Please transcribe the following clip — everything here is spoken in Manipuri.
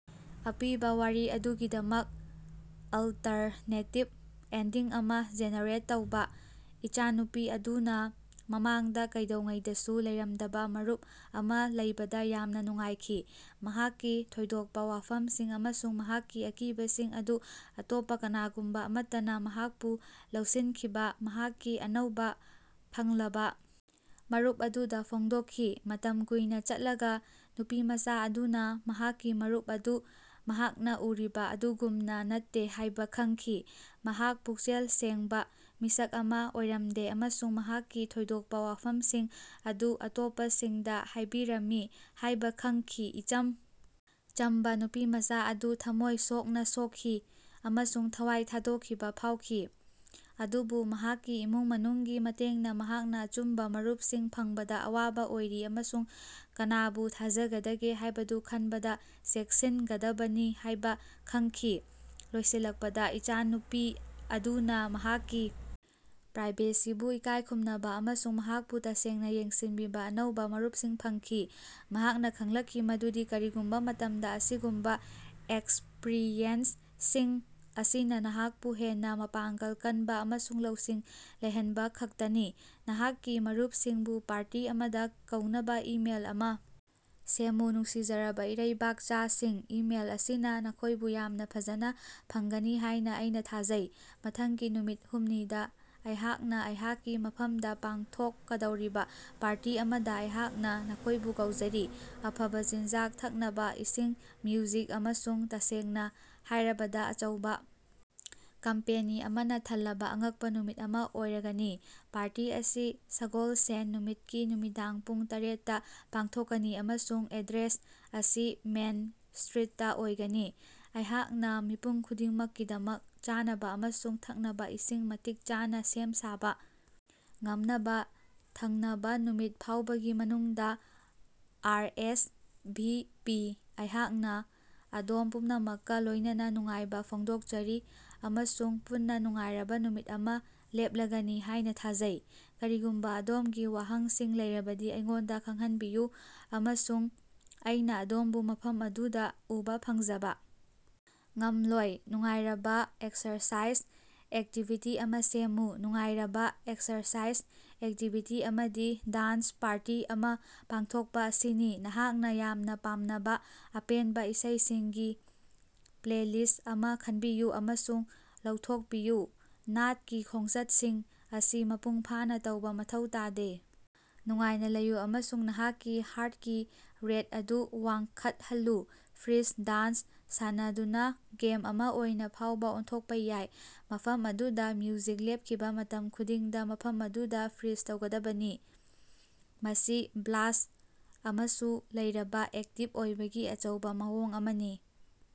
ꯑꯄꯤꯕ ꯋꯥꯔꯤ ꯑꯗꯨꯒꯤꯗꯃꯛ ꯑꯜꯇꯔꯅꯦꯇꯤꯕ ꯑꯦꯟꯗꯤꯡ ꯑꯃ ꯖꯦꯅꯦꯔꯦꯠ ꯇꯧꯕ꯫ ꯏꯆꯥꯅꯨꯄꯤ ꯑꯗꯨꯅ ꯃꯃꯥꯡꯗ ꯀꯩꯗꯧꯉꯩꯗꯁꯨ ꯂꯩꯔꯝꯗꯕ ꯃꯔꯨꯞ ꯑꯃ ꯂꯩꯕꯗ ꯌꯥꯝꯅ ꯅꯨꯡꯉꯥꯏꯈꯤ꯫ ꯃꯍꯥꯛꯀꯤ ꯊꯣꯏꯗꯣꯛꯄ ꯋꯥꯐꯝꯁꯤꯡ ꯑꯃꯁꯨꯡ ꯃꯍꯥꯛꯀꯤ ꯑꯀꯤꯕꯁꯤꯡ ꯑꯗꯨ ꯑꯇꯣꯞꯄ ꯀꯅꯥꯒꯨꯝꯕ ꯑꯃꯠꯇꯅ ꯃꯍꯥꯛꯄꯨ ꯂꯧꯁꯤꯟꯈꯤꯕ ꯃꯍꯥꯛꯀꯤ ꯑꯅꯧꯕ ꯐꯪꯂꯕ ꯃꯔꯨꯞ ꯑꯗꯨꯗ ꯐꯣꯡꯗꯣꯛꯈꯤ꯫ ꯃꯇꯝ ꯀꯨꯏꯅ ꯆꯠꯂꯒ ꯅꯨꯄꯤꯃꯆꯥ ꯑꯗꯨꯅ ꯃꯍꯥꯛꯀꯤ ꯃꯔꯨꯞ ꯑꯗꯨ ꯃꯍꯥꯛꯅ ꯎꯔꯤꯕ ꯑꯗꯨꯒꯨꯝꯅ ꯅꯠꯇꯦ ꯍꯥꯏꯕ ꯈꯪꯈꯤ꯫ ꯃꯍꯥꯛ ꯄꯨꯛꯆꯦꯜ ꯁꯦꯡꯕ ꯃꯤꯁꯛ ꯑꯃ ꯑꯣꯏꯔꯝꯗꯦ ꯑꯃꯁꯨꯡ ꯃꯍꯥꯛꯀꯤ ꯊꯣꯏꯗꯣꯛꯄ ꯋꯥꯐꯝꯁꯤꯡ ꯑꯗꯨ ꯑꯇꯣꯞꯄꯁꯤꯡꯗ ꯍꯥꯏꯕꯤꯔꯝꯃꯤ ꯍꯥꯏꯕ ꯈꯪꯈꯤ꯫ ꯏꯆꯝ ꯆꯝꯕ ꯅꯨꯄꯤꯃꯆꯥ ꯑꯗꯨ ꯊꯝꯃꯣꯏ ꯁꯣꯛꯅ ꯁꯣꯛꯈꯤ ꯑꯃꯁꯨꯡ ꯊꯋꯥꯏ ꯊꯥꯗꯣꯛꯈꯤꯕ ꯐꯥꯎꯈꯤ꯫ ꯑꯗꯨꯕꯨ, ꯃꯍꯥꯛꯀꯤ ꯏꯃꯨꯡ ꯃꯅꯨꯡꯒꯤ ꯃꯇꯦꯡꯅ ꯃꯍꯥꯛꯅ ꯑꯆꯨꯝꯕ‌ ꯃꯔꯨꯞꯁꯤꯡ ꯐꯪꯕꯗ ꯑꯋꯥꯕ ꯑꯣꯏꯔꯤ ꯑꯃꯁꯨꯡ ꯀꯅꯥꯕꯨ ꯊꯥꯖꯒꯗꯒꯦ ꯍꯥꯏꯕꯗꯨ ꯈꯟꯕꯗ ꯆꯦꯛꯁꯤꯟꯒꯗꯕꯅꯤ ꯍꯥꯏꯕ ꯈꯪꯈꯤ꯫ ꯂꯣꯏꯁꯤꯜꯂꯛꯄꯗ, ꯏꯆꯥꯅꯨꯄꯤ ꯑꯗꯨꯅ ꯃꯍꯥꯛꯀꯤ ꯄ꯭ꯔꯥꯏꯚꯦꯁꯤꯕꯨ ꯏꯀꯥꯏ ꯈꯨꯝꯅꯕ ꯑꯃꯁꯨꯡ ꯃꯍꯥꯛꯄꯨ ꯇꯁꯦꯡꯅ ꯌꯦꯡꯁꯤꯟꯕꯤꯕ ꯑꯅꯧꯕ ꯃꯔꯨꯞꯁꯤꯡ ꯐꯪꯈꯤ꯫ ꯃꯍꯥꯛꯅ ꯈꯪꯂꯛꯈꯤ ꯃꯗꯨꯗꯤ ꯀꯔꯤꯒꯨꯝꯕ ꯃꯇꯝꯗ, ꯑꯁꯤꯒꯨꯝꯕ ꯑꯦꯛꯁꯄ꯭ꯔꯤꯌꯦꯟꯁꯁꯤꯡ ꯑꯁꯤꯅ ꯅꯍꯥꯛꯄꯨ ꯍꯦꯟꯅ ꯃꯄꯥꯡꯒꯜ ꯀꯟꯕ ꯑꯃꯁꯨꯡ ꯂꯧꯁꯤꯡ ꯂꯩꯍꯟꯕ ꯈꯛꯇꯅꯤ꯫ ꯅꯍꯥꯛꯀꯤ ꯃꯔꯨꯞꯁꯤꯡꯕꯨ ꯄꯥꯔꯇꯤ ꯑꯃꯗ‌ ꯀꯧꯅꯕ ꯏꯃꯦꯜ ꯑꯃ ꯁꯦꯝꯃꯨ꯫ ꯅꯨꯡꯁꯤꯖꯔꯕꯥ ꯏꯔꯩꯕꯥꯛꯆꯥꯁꯤꯡ, ꯏꯃꯦꯜ ꯑꯁꯤꯅ ꯅꯈꯣꯏꯕꯨ ꯌꯥꯝꯅ ꯐꯖꯅ ꯐꯪꯒꯅꯤ ꯍꯥꯏꯅ ꯑꯩꯅ ꯊꯥꯖꯩ꯫ ꯃꯊꯪꯒꯤ ꯅꯨꯃꯤꯠ ꯍꯨꯝꯅꯤꯗ ꯑꯩꯍꯥꯛꯅ ꯑꯩꯍꯥꯛꯀꯤ ꯃꯐꯝꯗ ꯄꯥꯡꯊꯣꯛꯀꯗꯧꯔꯤꯕ ꯄꯥꯔꯇꯤ ꯑꯃꯗ ꯑꯩꯍꯥꯛꯅ ꯅꯈꯣꯏꯕꯨ ꯀꯧꯖꯔꯤ꯫ ꯑꯐꯕ‌ ꯆꯤꯟꯖꯥꯛ, ꯊꯛꯅꯕꯥ ꯏꯁꯤꯡ, ꯃ꯭ꯌꯨꯖꯤꯛ, ꯑꯃꯁꯨꯡ ꯇꯁꯦꯡꯅ ꯍꯥꯏꯔꯕꯗ ꯑꯆꯧꯕ ꯀꯝꯄꯦꯅꯤ ꯑꯃꯅ ꯊꯜꯂꯕ ꯑꯉꯛꯄ ꯅꯨꯃꯤꯠ ꯑꯃ ꯑꯣꯏꯔꯒꯅꯤ꯫ ꯄꯥꯔꯇꯤ ꯑꯁꯤ ꯁꯒꯣꯜꯁꯦꯟ ꯅꯨꯃꯤꯠꯀꯤ ꯅꯨꯃꯤꯗꯥꯡ ꯄꯨꯡ ꯇꯔꯦꯠ ꯇꯥ ꯄꯥꯡꯊꯣꯛꯀꯅꯤ, ꯑꯃꯁꯨꯡ ꯑꯦꯗ꯭ꯔꯦꯁ ꯑꯁꯤ ꯃꯦꯟ ꯁ꯭ꯇꯔꯤꯠꯇꯥ ꯑꯣꯏꯒꯅꯤ꯫ ꯑꯩꯍꯥꯛꯅ ꯃꯤꯄꯨꯝ ꯈꯨꯗꯤꯡꯃꯛꯀꯤꯗꯃꯛ ꯆꯥꯅꯕ ꯑꯃꯁꯨꯡ ꯊꯛꯅꯕ ꯏꯁꯤꯡ ꯃꯇꯤꯛ ꯆꯥꯅ ꯁꯦꯝ ꯁꯥꯕ ꯉꯝꯅꯕ ꯊꯪꯅꯕ ꯅꯨꯃꯤꯠ ꯐꯥꯎꯕꯒꯤ ꯃꯅꯨꯡꯗ ,ꯑꯥꯔꯑꯦꯁꯚꯤꯄꯤ ꯑꯩꯍꯥꯛꯅ ꯑꯗꯣꯝ ꯄꯨꯝꯅꯃꯛꯀ ꯂꯣꯏꯅꯅ ꯅꯨꯡꯉꯥꯏꯕ ꯐꯣꯡꯗꯣꯛꯆꯔꯤ ꯑꯃꯁꯨꯡ ꯄꯨꯟꯅ ꯅꯨꯡꯉꯥꯏꯔꯕ ꯅꯨꯃꯤꯠ ꯑꯃ ꯂꯦꯞꯂꯒꯅꯤ ꯍꯥꯏꯅ ꯊꯥꯖꯩ꯫ ꯀꯔꯤꯒꯨꯝꯕ ꯑꯗꯣꯝꯒꯤ ꯋꯥꯍꯪꯁꯤꯡ ꯂꯩꯔꯕꯗꯤ ꯑꯩꯉꯣꯟꯗ ꯈꯪꯍꯟꯕꯤꯌꯨ, ꯑꯃꯁꯨꯡ ꯑꯩꯅ ꯑꯗꯣꯝꯕꯨ ꯃꯐꯝ ꯑꯗꯨꯗ ꯎꯕ ꯐꯪꯖꯕ ꯉꯝꯂꯣꯏ꯫ ꯅꯨꯡꯉꯥꯏꯔꯕ ꯑꯦꯛꯁꯔꯁꯥꯏꯖ ꯑꯦꯛꯇꯤꯚꯤꯇꯤ ꯑꯃ ꯁꯦꯝꯃꯨ꯫ ꯅꯨꯡꯉꯥꯏꯔꯕ ꯑꯦꯛꯁꯔꯁꯥꯏꯖ ꯑꯦꯛꯇꯤꯕꯤꯇꯤ ꯑꯃꯗꯤ ꯗꯥꯟꯁ ꯄꯥꯔꯇꯤ ꯑꯃ ꯄꯥꯡꯊꯣꯛꯄ ꯑꯁꯤꯅꯤ꯫ ꯅꯍꯥꯛꯅ ꯌꯥꯝꯅ ꯄꯥꯝꯅꯕ ꯑꯄꯦꯟꯕ ꯏꯁꯩꯁꯤꯡꯒꯤ ꯄ꯭ꯂꯦꯂꯤꯁ꯭ꯠ ꯑꯃ ꯈꯟꯕꯤꯌꯨ ꯑꯃꯁꯨꯡ ꯂꯧꯊꯣꯛꯄꯤꯌꯨ꯫ ꯅꯥꯠꯀꯤ ꯈꯣꯡꯆꯠꯁꯤꯡ ꯑꯁꯤ ꯃꯄꯨꯡ ꯐꯥꯅ ꯇꯧꯕ ꯃꯊꯧ ꯇꯥꯗꯦ, ꯅꯨꯡꯉꯥꯏꯅ ꯂꯩꯌꯨ ꯑꯃꯁꯨꯡ ꯅꯍꯥꯛꯀꯤ ꯍꯥꯔ꯭ꯠꯀꯤ ꯔꯦꯠ ꯑꯗꯨ ꯋꯥꯡꯈꯠꯍꯜꯂꯨ꯫ ꯐ꯭ꯔꯤꯖ ꯗꯥꯟꯁ ꯁꯥꯟꯅꯗꯨꯅ ꯒꯦꯝ ꯑꯃ ꯑꯣꯏꯅ ꯐꯥꯎꯕ ꯑꯣꯟꯊꯣꯛꯄ ꯌꯥꯏ, ꯃꯐꯝ ꯑꯗꯨꯗ ꯃ꯭ꯌꯨꯖꯤꯛ ꯂꯦꯞꯈꯤꯕ ꯃꯇꯝ ꯈꯨꯗꯤꯡꯗ ꯃꯐꯝ ꯑꯗꯨꯗ ꯐ꯭ꯔꯤꯖ ꯇꯧꯒꯗꯕꯅꯤ꯫ ꯃꯁꯤ ꯕ꯭ꯂꯥꯁ꯭ꯠ ꯑꯃꯁꯨ ꯂꯩꯔꯒ ꯑꯦꯛꯇꯤꯕ ꯑꯣꯏꯕꯒꯤ ꯑꯆꯧꯕ ꯃꯑꯣꯡ ꯑꯃꯅꯤ꯫